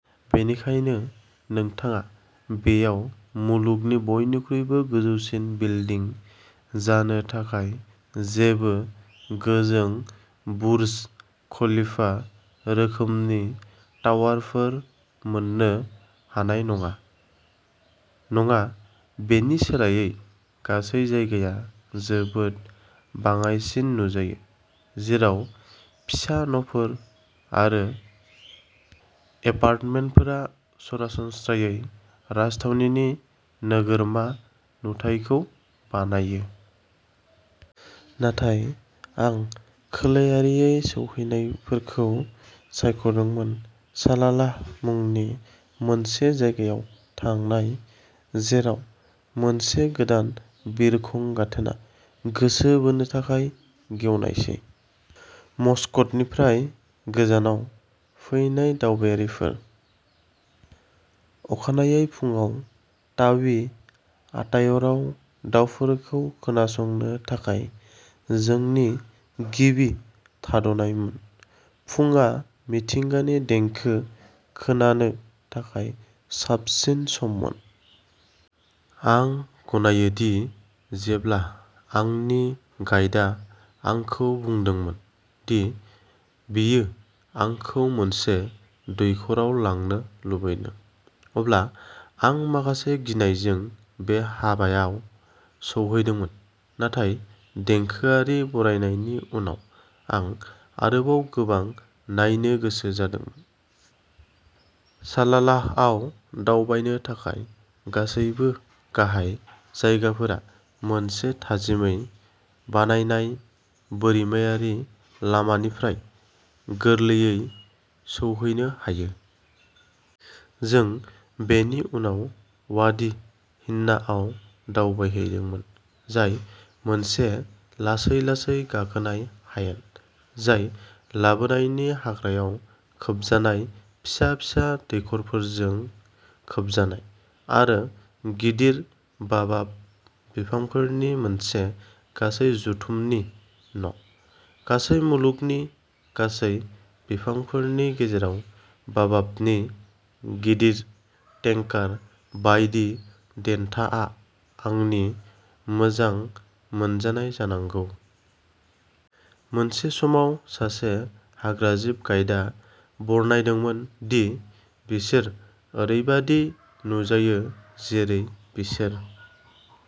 बेनिखायनो, नोंथाङा बेयाव मुलुगनि बयनिख्रुइबो गोजौसिन बिल्डिं जानो थाखाय जेबो गोजों बुर्ज खलिफा रोखोमनि टावारफोर मोन्नो हानाय नङा। नङा, बेनि सोलायै, गासै जायगाया जोबोद बाङाइसिन नुजायो, जेराव फिसा न'फोर आरो एपार्टमेन्टफोरा सरासनस्रायै राजथावनिनि नोगोरमा नुथायखौ बानायो। नाथाय आं खोलायारि सौहैनायफोरखौ सायख'दोंमोन, सालालाह मुंनि मोनसे जायगायाव थांनाय, जेराव मोनसे गोदान बिरखं गाथोना गोसो बोनो थाखाय गेवनायसै। मस्कटनिफ्राय गोजानाव फैनाय दावबायारिफोर। अखानायै फुंआव तावी आतायरआव दावफोरखौ खोनासंनो थाखाय जोंनि गिबि थाद'नायमोन फुंआ मिथिंगानि देंखो खोनानो थाखाय साबसिन सममोन। आं गनायो दि जेब्ला आंनि गाइडा आंखौ बुंदोंमोन दि बियो आंखौ मोनसे दैखराव लांनो लुबैदों, अब्ला आं माखासे गिनायजों बे हाबायाव सौहैदोंमोन, नाथाय देंखोआरि बरायनायनि उनाव, आं आरोबाव गोबां नायनो गोसो जादोंमोन। सालालाहआव दावबायनो थाखाय गासैबो गाहाय जायगाफोरा मोनसे थाजिमै बानायनाय बोरिमायारि लामानिफ्राय गोरलैयै सौहैनो हायो। जों बेनि उनाव वाडी हिन्नाआव दावबायहैदोंमोन, जाय मोनसे लासै-लासै गाखोनाय हायेन, जाय लोबाननि हाग्रायाव खोबजानाय, फिसा फिसा दैखरफोरजों खोबजानाय, आरो गिदिर बाबाब बिफांफोरनि मोनसे गासै जुथुमनि न'। गासै मुलुगनि गासै बिफांफोरनि गेजेराव, बाबाबनि गिदिर टेंकार बायदि देन्थाआ आंनि मोजां मोनजानाय जानांगौ। मोनसे समाव सासे हाग्राजिब गाइदा बरनायदोंमोन दि बिसोर ओरैबायदि नुजायो जेरै बिसोर